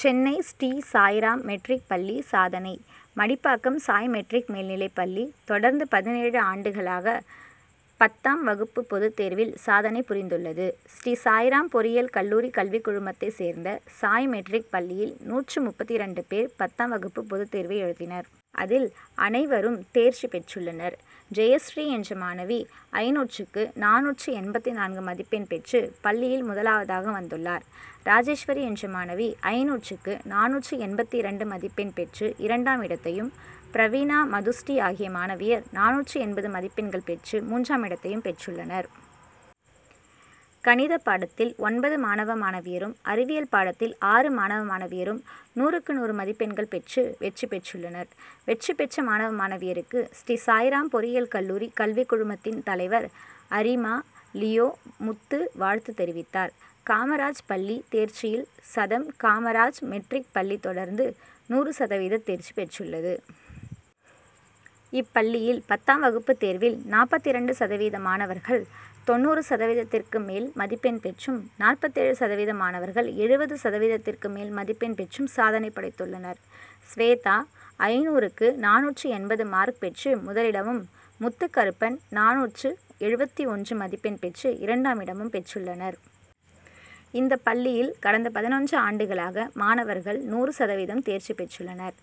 Chennai Sri Sairam matric பள்ளி சாதனை Madipakkam Sai matric மேல்நிலைப்பள்ளி, தொடர்ந்து பதினேழு ஆண்டுகளாக பத்தாம் வகுப்பு பொதுத் தேர்வில் சாதனை புரிந்துள்ளது. ஸ்ரீ சாய்ராம் பொறியியல் கல்லூரி கல்விக் குழுமத்தை சேர்ந்த சாய் மெட்ரிக் பள்ளியில், நூற்று முப்பத்திரண்டு பேர் பத்தாம் வகுப்பு பொதுத்தேர்வு எழுதினர். அதில் அனைவரும் தேர்ச்சி பெற்றுள்ளனர். ஜெயஸ்ரீ என்ற மாணவி ஐந்நூற்றுக்கு நானூற்று எண்பத்து நான்கு மதிப்பெண் பெற்று பள்ளியில் முதலாவதாக வந்துள்ளார். ராஜேஸ்வரி என்ற மாணவி ஐந்நூற்றுக்கு நானூற்று எண்பத்திரண்டு மதிப்பெண் பெற்று இரண்டாம் இடத்தையும், பிரவீனா, மதுஸ்ரீ ஆகிய மாணவியர் நானூற்று எண்பது மதிப் பெண்கள் பெற்று மூன்றாம் இடத்தையும் பெற்றுள்ளனர். கணித பாடத்தில் ஒன்பது மாணவ மாணவியரும், அறிவியல் பாடத்தில் ஆறு மாணவ மாணவியரும் நூறுக்கு நூறு மதிப்பெண்கள் பெற்று வெற்றி பெற்றுள்ளனர். வெற்றி பெற்ற மாணவ, மாணவியருக்கு, ஸ்ரீ சாய்ராம் பொறியியல் கல்லூரி கல்விக் குழுமத்தின் தலைவர் அரிமா. லியோ முத்து வாழ்த்து தெரிவித்தார். காமராஜ் பள்ளி தேர்ச்சியில் சதம் காமராஜ் மெட்ரிக் பள்ளி தொடர்ந்து நூறு சதவீத தேர்ச்சி பெற்றுள்ளது. இப்பள்ளியில் பத்தாம் வகுப்பு தேர்வில் நாற்பத்திரண்டு சதவீத மாணவர்கள் தொண்ணூறு சதவீதத்திற்கு மேல் மதிப்பெண் பெற்றும், நாற்பத்தேழு சதவீத மாணவர்கள் எழுபது சதவீதத்திற்கு மேல் மதிப்பெண் பெற்றும் சாதனை படைத்துள்ளனர். ஸ்வேதா ஐந்நூறுக்கு நானூற்று எண்பது மார்க் பெற்று முதலிடமும், முத்துகருப்பன் நானூற்று எழுபத்தொன்று மதிப்பெண் பெற்று இரண்டாம் இடமும் பெற்றுள்ளனர். இந்த பள்ளியில் கடந்த பதினொன்று ஆண்டுகளாக மாணவர்கள் நூறு சதவீதம் தேர்ச்சி பெற்றுள்ளனர்.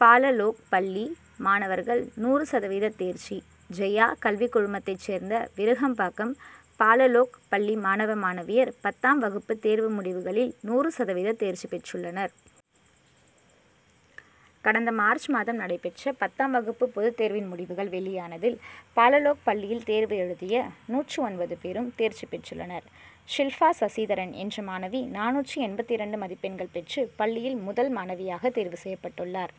பாலலோக் பள்ளி மாணவர்கள் நூறு சதவீத தேர்ச்சி ஜெயா கல்விக் குழுமத்தைச் சேர்ந்த விருகம்பாக்கம் பாலலோக் பள்ளி மாணவ, மாணவியர் பத்தாம் வகுப்பு தேர்வு முடிவுகளில் நூறு சதவீத தேர்ச்சி பெற்றுள்ளனர். கடந்த மார்ச் மாதம் நடைபெற்ற பத்தாம் வகுப்பு பொதுத் தேர்வின் முடிவுகள் வெளியானதில், பாலலோக் பள்ளியில் தேர்வு எழுதிய நூற்று ஒன்பது பேரும் தேர்ச்சி பெற்றுள்ளனர். ஷில்பா சசிதரன் என்ற மாணவி நானூற்று எண்பத்திரண்டு மதிப்பெண்கள் பெற்று, பள்ளியில் முதல் மாணவியாக தேர்வு செய்யப்பட்டுள்ளார்.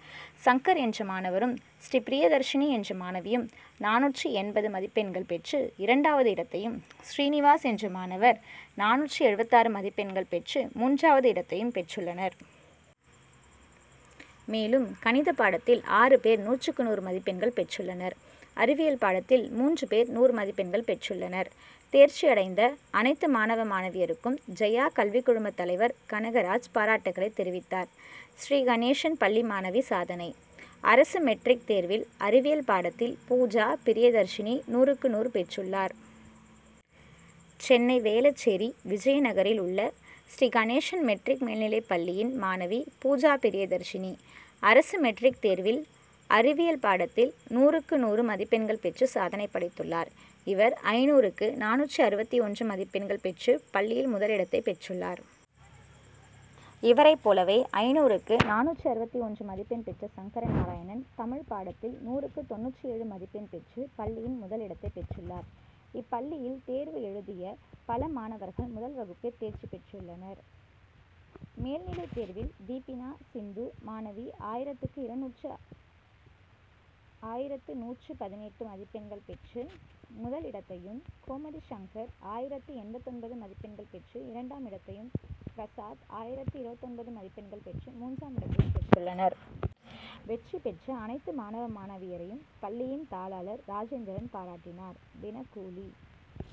சங்கர் என்ற மாணவரும், ஸ்ரீபிரியதர்ஷினி என்ற மாணவியும் நானூற்று எண்பது மதிப்பெண்கள் பெற்று இரண்டாவது இடத்தையும், சீனிவாஸ் என்ற மாணவர் நானூற்று எழுபத்தாறு மதிப்பெண்கள் பெற்று மூன்றாவது இடத்தையும் பெற்றுள்ளனர். மேலும், கணிதப் பாடத்தில் ஆறு பேர் நூற்றுக்கு நூறு மதிப்பெண்கள் பெற்றுள்ளனர். அறிவியல் பாடத்தில் மூன்று பேர் நூறு மதிப்பெண்கள் பெற்றுள்ளனர். தேர்ச்சி அடைந்த அனைத்து மாணவ, மாணவியருக்கும், ஜெயா கல்விக் குழுமத் தலைவர் கனகராஜ் பாராட்டுகளை தெரிவித்தார். ஸ்ரீகணேசன் பள்ளி மாணவி சாதனை அரசு மெட்ரிக் தேர்வில் அறிவியல் பாடத்தில் பூஜா பிரியதர்ஷினி நூறுக்கு நூறு பெற்றுள்ளார். சென்னை வேளச்சேரி, விஜயநகரில் உள்ள ஸ்ரீ கணேசன் மெட்ரிக் மேல்நிலைப் பள்ளியின் மாணவி பூஜா பிரியதர்ஷினி, அரசு மெட்ரிக் தேர்வில் அறிவியல் பாடத்தில் நூறுக்கு நூறு மதிப்பெண்கள் பெற்று சாதனை படைத்துள் ளார். இவர் ஐந்நூறுக்கு நானூற்று அறுவத்தி ஒன்று மதிப்பெண்கள் பெற்று பள்ளியில் முதல் இடத்தைப் பெற்றுள்ளார். இவரைப் போலவே, ஐந்நூறுக்கு நானூற்று அறுவத்தி ஒன்று மதிப்பெண் பெற்ற சங்கர நாராயணன், தமிழ் பாடத்தில் நூறுக்கு தொண்ணூற்று ஏழு மதிப்பெண் பெற்று பள்ளியின் முதல் இடத்தைப் பெற்றுள்ளார். இப்பள்ளியில் தேர்வு எழுதிய பல மாணவர்கள் முதல் வகுப்பில் தேர்ச்சி பெற்றுள்ளனர். மேல்நிலைத் தேர்வில் தீபினா சிந்து மாணவி ஆயிரத்துக்கு இருநூற்று ஆயிரத்து நூற்று பதினெட்டு மதிப்பெண்கள் பெற்று முதல் இடத்தையும், கோமதி சங்கர் ஆயிரத்து எண்பத்தொன்பது மதிப்பெண்கள் பெற்று இரண்டாம் இடத்தையும், பிரசாத் ஆயிரத்து இருபத்தொன்பது மதிப்பெண்கள் பெற்று மூன்றாம் இடத்தையும் பெற்றுள்ளனர். வெற்றி பெற்ற அனைத்து மாணவ, மாணவியரையும் பள்ளியின் தாளாளர் ராஜேந்திரன் பாராட்டினார். தினக்கூலி,